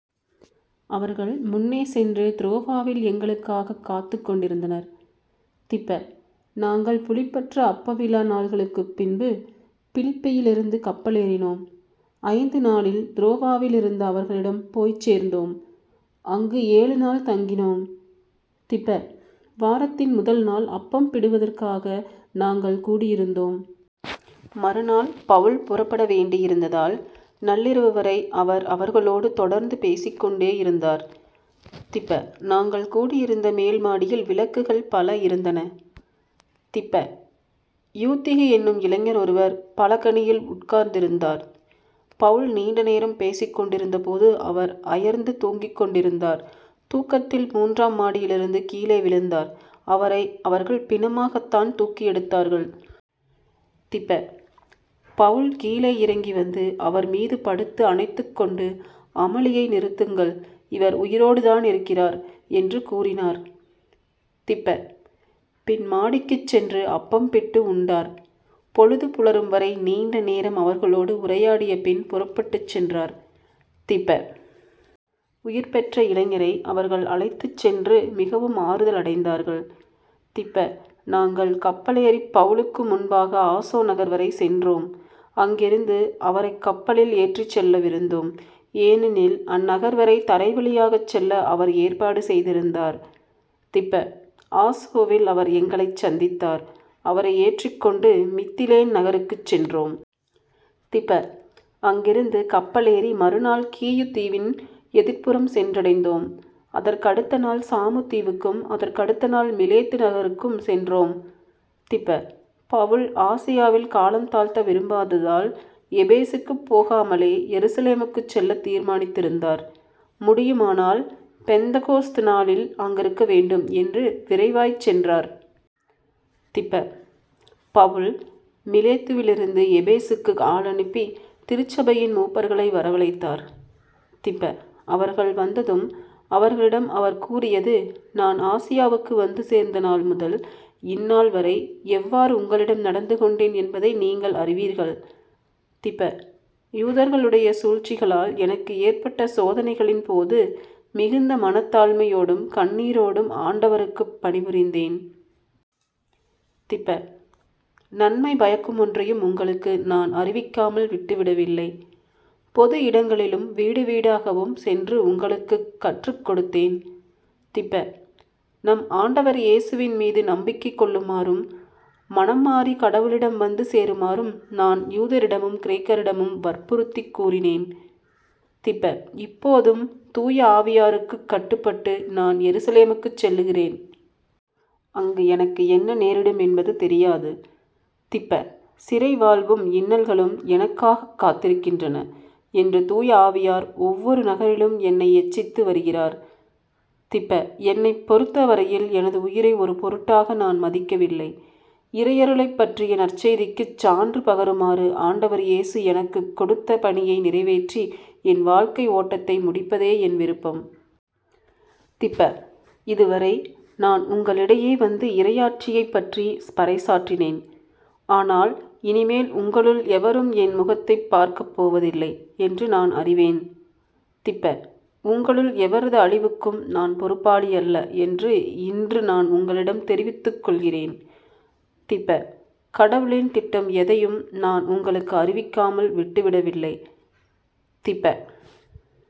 அவர்கள் முன்னே சென்று துரோவாவில் எங்களுக்காகக் காத்துக் கொண்டிருந்தனர். திப. நாங்கள் புளிப்பற்ற அப்பவிழா நாள்களுக்குப் பின்பு பிலிப்பியிலிருந்து கப்பலேறினோம். ஐந்து நாளில் துரோவாவில் இருந்த அவர்களிடம் போய்ச் சேர்ந்தோம். அங்கு ஏழு நாள் தங்கினோம். திப. வாரத்தின் முதள் நாள் அப்பம் பிடுவதற்காக நாங்கள் கூடியிருந்தோம். மறுநாள் பவுல் புறப்பட வேண்டியிருந்ததால் நள்ளிரவு வரை அவர் அவர்களோடு தொடர்ந்து பேசிக் கொண்டேயிருந்தார். திப. நாங்கள் கூடியிருந்த மேல் மாடியில் விளக்குகள் பல இருந்தன. திப. யூத்திகு என்னும் இளைஞர் ஒருவர் பலகணியில் உட்கார்ந்திருந்தார். பவுல் நீண்ட நேரம் பேசிக் கொண்டிருந்தபோது அவர் அயர்ந்து தூங்கிக் கொண்டிருந்தார் தூக்கத்தில் மூன்றாம் மாடியிலிருந்து கீழே விழுந்தார் அவரை அவர்கள் பிணமாகத்தான் தூக்கி எடுத்தார்கள். திப. பவுல் கீழே இறங்கி வந்து அவர் மீது படுத்து அணைத்துக்கொண்டு " அமளியை நிறுத்துங்கள் இவர் உயிரோடுதானியிருக்கிறார் " என்று கூறினார். திப. பின் மாடிக்குச் சென்று அப்பம் பிட்டு உண்டார். பொழுது புலரும் வரை நீண்ட நேரம் அவர்களோடு உரையாடியபின் புறப்பட்டுச்சென்றார். திப. உயிர்பெற்ற இளைஞரை அவர்கள் அழைத்துச்சென்று மிகவும் ஆறுதல் அடைந்தார்கள். திப. நாங்கள் கப்பலேறிப் பவுலுக்கு முன்பாக ஆசொ நகர்வரை சென்றோம். அங்கிருந்து அவரைக் கப்பலில் ஏற்றிச்செல்லவிருந்தோம். ஏனெனில் அந்நகர்வரை தரைவழியாகச் செல்ல அவர் ஏற்பாடு செய்திருந்தார். திப. ஆசொவில் அவர் எங்களைச் சந்தித்தார் அவரை ஏற்றிக்கொண்டு மித்திலேன் நகருக்குச் சென்றோம். திப. அங்கிருந்து கப்பலேறி மறுநாள் கீயு தீவின் எதிர்ப்புறம் சென்றடைந்தோம். அதற்கு அடுத்த நாள் சாமு தீவுக்கும், அதற்கு அடுத்த நாள் மிலேத்து நகருக்கும் சென்றோம். திப. பவுல் ஆசியாவில் காலம் தாழ்த்த விரும்பாததால் எபேசுக்குப் போகாமலே எருசலேமுக்குச் செல்லத் தீர்மானித்திருந்தார். முடியுமானால் பெந்தக்கோஸ்து நாளில் அங்கிருக்க வேண்டும் என்று விரைவாய்ச் சென்றார். திப. பவுல் மிலேத்துவிலிருந்து எபேசுக்கு ஆளனுப்பி திருச்சபையின் மூப்பர்களை வரவழைத்தார். திப. அவர்கள் வந்ததும் அவர்களிடம் அவர் கூறியது " நான் ஆசியாவுக்கு வந்து சேர்ந்த நாள்முதல் இந்நாள்வரை எவ்வாறு உங்களிடம் நடந்து கொண்டேன் என்பதை நீங்கள் அறிவீர்கள். திப. யூதர்களுடைய சூழ்ச்சிகளால் எனக்கு ஏற்பட்ட சோதனைகளின்போது மிகுந்த மனத்தாழ்மையோடும் கண்ணீரோடும் ஆண்டவருக்குப் பணிபுரிந்தேன். திப. நன்மை பயக்குமொன்றையும் உங்களுக்கு நான் அறிவிக்காமல் விட்டு விடவில்லை. பொது இடங்களிலும் வீடுவீடாகவும் சென்று உங்களுக்குக் கற்றுக் கொடுத்தேன். திப. நம் ஆண்டவர் இயேசுவின் மீது நம்பிக்கை கொள்ளுமாறும் மனம்மாறி கடவுளிடம் வந்து சேருமாறும் நான் யூதரிடமும் கிரேக்கரிடமும் வற்புறுத்திக் கூறினேன். திப. இப்போதும் தூய ஆவியாருக்குக் கட்டுப்பட்டு நான் எருசலேமுக்குச் செல்லுகிறேன். அங்கு எனக்கு என்ன நேரிடுமென்பது தெரியாது. திப. சிறை வாழ்வும் இன்னல்களும் எனக்காகக் காத்திருக்கின்றன என்று தூய ஆவியார் ஒவ்வொரு நகரிலும் என்னை எச்சித்து வருகிறார். திப. என்னைப் பொறுத்த வரையில் எனது உயிரை ஒரு பொருட்டாக நான் மதிக்கவில்லை. இறையருளைப் பற்றிய நற்செய்திக்குச் சான்று பகருமாறு ஆண்டவர் இயேசு எனக்குக் கொடுத்த பணியை நிறைவேற்றி என் வாழ்க்கை ஓட்டத்தை முடிப்பதே என் விருப்பம். திப. இதுவரை நான் உங்களிடையே வந்து இறையாட்சியைப் பற்றி பறைசாற்றினேன். ஆனால் இனிமேல் உங்களுள் எவரும் என் முகத்தைப் பார்க்கப் போவதில்லை என்று நான் அறிவேன். திப. உங்களுள் எவரது அழிவுக்கும் நான் பொறுப்பாளியல்ல என்று இன்று நான் உங்களிடம் தெரிவித்துக் கொள்கிறேன். திப. கடவுளின் திட்டம் எதையும் நான் உங்களுக்கு அறிவிக்காமல் விட்டுவிடவில்லை. திப.